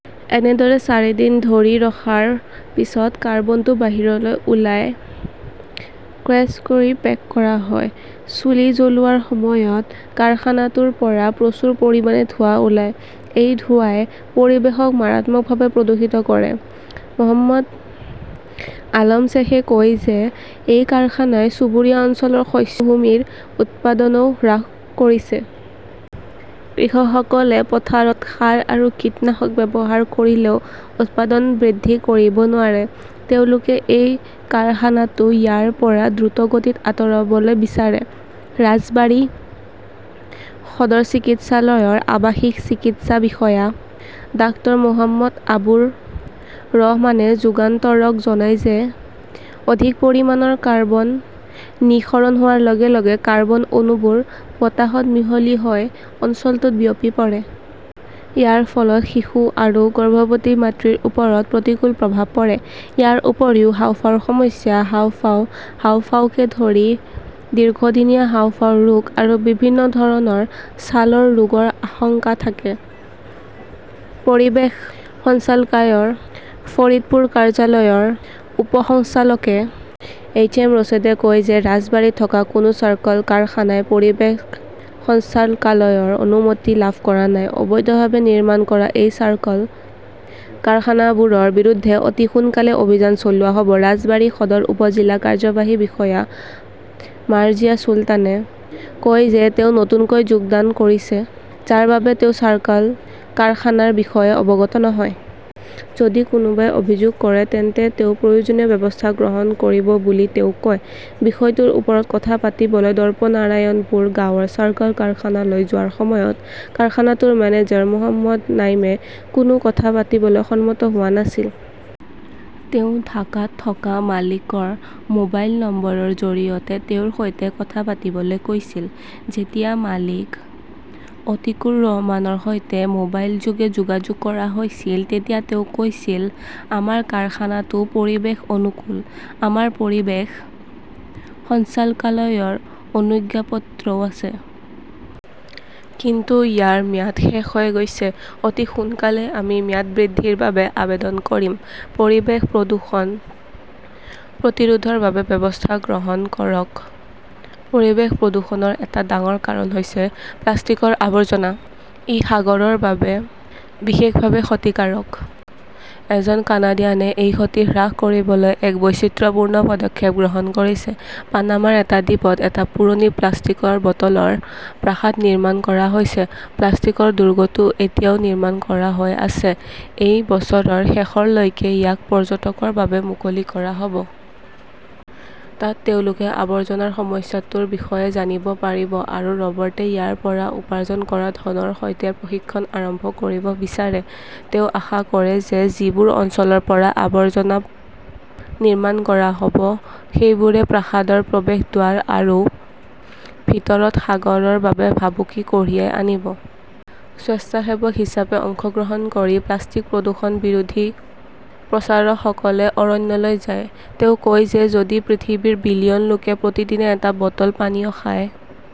এনেদৰে চাৰিদিন ধৰি ৰখাৰ পিছত কাৰ্বনটো বাহিৰলৈ উলিয়াই ক্ৰেশ্ব কৰি পেক কৰা হয়। চুলি জ্বলোৱাৰ সময়ত কাৰখানাটোৰ পৰা প্ৰচুৰ পৰিমাণে ধোঁৱা ওলাই। এই ধোঁৱাই পৰিৱেশক মাৰাত্মকভাৱে প্ৰদূষিত কৰে। মো. আলম শ্বেইখে কয় যে এই কাৰখানাই চুবুৰীয়া অঞ্চলৰ শস্য ভূমিৰ উৎপাদনও হ্ৰাস কৰিছে। কৃষকসকলে পথাৰত সাৰ আৰু কীটনাশক ব্যৱহাৰ কৰিলেও উৎপাদন বৃদ্ধি কৰিব নোৱাৰে। তেওঁলোকে এই কাৰখানাটো ইয়াৰ পৰা দ্ৰুতগতিত আঁতৰাবলৈ বিচাৰে। ৰাজবাৰী সদৰ চিকিৎসালয়ৰ আৱাসিক চিকিৎসা বিষয়া ডাঃ মো. আব্দুৰ ৰহমানে যুগান্তৰক জনায় যে অধিক পৰিমাণৰ কাৰ্বন নিঃসৰণ হোৱাৰ লগে লগে কাৰ্বন অণুবোৰ বতাহত মিহলি হৈ অঞ্চলটোত বিয়পি পৰে। ইয়াৰ ফলত শিশু আৰু গৰ্ভৱতী মাতৃৰ ওপৰত প্ৰতিকূল প্ৰভাৱ পৰে। ইয়াৰ উপৰিও হাঁওফাঁওৰ সমস্যা, হাঁওফাঁও, হাঁওফাঁওকে ধৰি দীৰ্ঘদিনীয়া হাঁওফাঁওৰ ৰোগ আৰু বিভিন্ন ধৰণৰ ছালৰ ৰোগৰ আশংকা থাকে। পৰিৱেশ সঞ্চালকালয়ৰ ফৰিদপুৰ কাৰ্যালয়ৰ উপ সঞ্চালক এ. এইচ. এম. ৰছেদে কয় যে ৰাজবাৰীত থকা কোনো চাৰ্কল কাৰখানাই পৰিৱেশ সঞ্চালকালয়ৰ অনুমতি লাভ কৰা নাই। অবৈধভাৱে নিৰ্মাণ কৰা এই চাৰ্কল কাৰখানাবোৰৰ বিৰুদ্ধে অতি সোনকালেই অভিযান চলোৱা হ'ব। ৰাজবাৰী সদৰ উপ-জিলা কাৰ্যবাহী বিষয়া মাৰ্জিয়া চুলতানে কয় যে তেওঁ নতুনকৈ যোগদান কৰিছে যাৰ বাবে তেওঁ চাৰ্কল কাৰখানাৰ বিষয়ে অৱগত নহয়। যদি কোনোবাই অভিযোগ কৰে তেন্তে তেওঁ প্ৰয়োজনীয় ব্যৱস্থা গ্ৰহণ কৰিব বুলি তেওঁ কয়। বিষয়টোৰ ওপৰত কথা পাতিবলৈ দৰ্পনাৰায়ণপুৰ গাঁৱৰ চাৰ্কল কাৰখানালৈ যোৱাৰ সময়ত কাৰখানাটোৰ মেনেজাৰ মো. নাইমে কোনো কথা পাতিবলৈ সন্মত হোৱা নাছিল। তেওঁ ঢাকাত থকা মালিকৰ মোবাইল নম্বৰৰ জৰিয়তে তেওঁৰ সৈতে কথা পাতিবলৈ কৈছিল। যেতিয়া মালিক অতীকুৰ ৰহমানৰ সৈতে মোবাইলযোগে যোগাযোগ কৰা হৈছিল, তেতিয়া তেওঁ কৈছিল, "আমাৰ কাৰখানাটো পৰিৱেশ অনুকূল"। আমাৰ পৰিৱেশ সঞ্চালকালয়ৰ অনুজ্ঞাপত্ৰও আছে। কিন্তু ইয়াৰ ম্যাদ শেষ হৈ গৈছে। অতি সোনকালেই আমি ম্যাদ বৃদ্ধিৰ বাবে আবেদন কৰিম। পৰিৱেশ প্ৰদূষণ প্ৰতিৰোধৰ বাবে ব্যৱস্থা গ্ৰহণ কৰক পৰিৱেশ প্ৰদূষণৰ এটা ডাঙৰ কাৰণ হৈছে প্লাষ্টিকৰ আৱৰ্জনা। ই সাগৰৰ বাবে বিশেষভাৱে ক্ষতিকাৰক। এজন কানাডিয়ানে এই ক্ষতি হ্ৰাস কৰিবলৈ এক বৈচিত্ৰপূৰ্ণ পদক্ষেপ গ্ৰহণ কৰিছে। পানামাৰ এটা দ্বীপত এটা পুৰণি প্লাষ্টিকৰ বটলৰ প্ৰাসাদ নিৰ্মাণ কৰা হৈছে। প্লাষ্টিকৰ দুৰ্গটো এতিয়াও নিৰ্মাণ কৰা হৈ আছে। এই বছৰৰ শেষৰলৈকে ইয়াক পৰ্যটকৰ বাবে মুকলি কৰা হ'ব। তাত তেওঁলোকে আৱৰ্জনাৰ সমস্যাটোৰ বিষয়ে জানিব পাৰিব আৰু ৰবাৰ্টে ইয়াৰ পৰা উপাৰ্জন কৰা ধনৰ সৈতে প্ৰশিক্ষণ আৰম্ভ কৰিব বিচাৰে। তেওঁ আশা কৰে যে যিবোৰ অঞ্চলৰ পৰা আৱৰ্জনা নিৰ্মাণ কৰা হ'ব, সেইবোৰে প্ৰাসাদৰ প্ৰৱেশদ্বাৰ আৰু ভিতৰত সাগৰৰ বাবে ভাবুকি কঢ়িয়াই আনিব। স্বেচ্ছাসেৱক হিচাপে অংশগ্ৰহণ কৰি প্লাষ্টিক প্ৰদূষণ বিৰোধী প্ৰচাৰকসকলে অৰণ্যলৈ যায়। তেওঁ কয় যে যদি পৃথিৱীৰ বিলিয়ন লোকে প্ৰতিদিনে এটা বটল পানীয় খায়।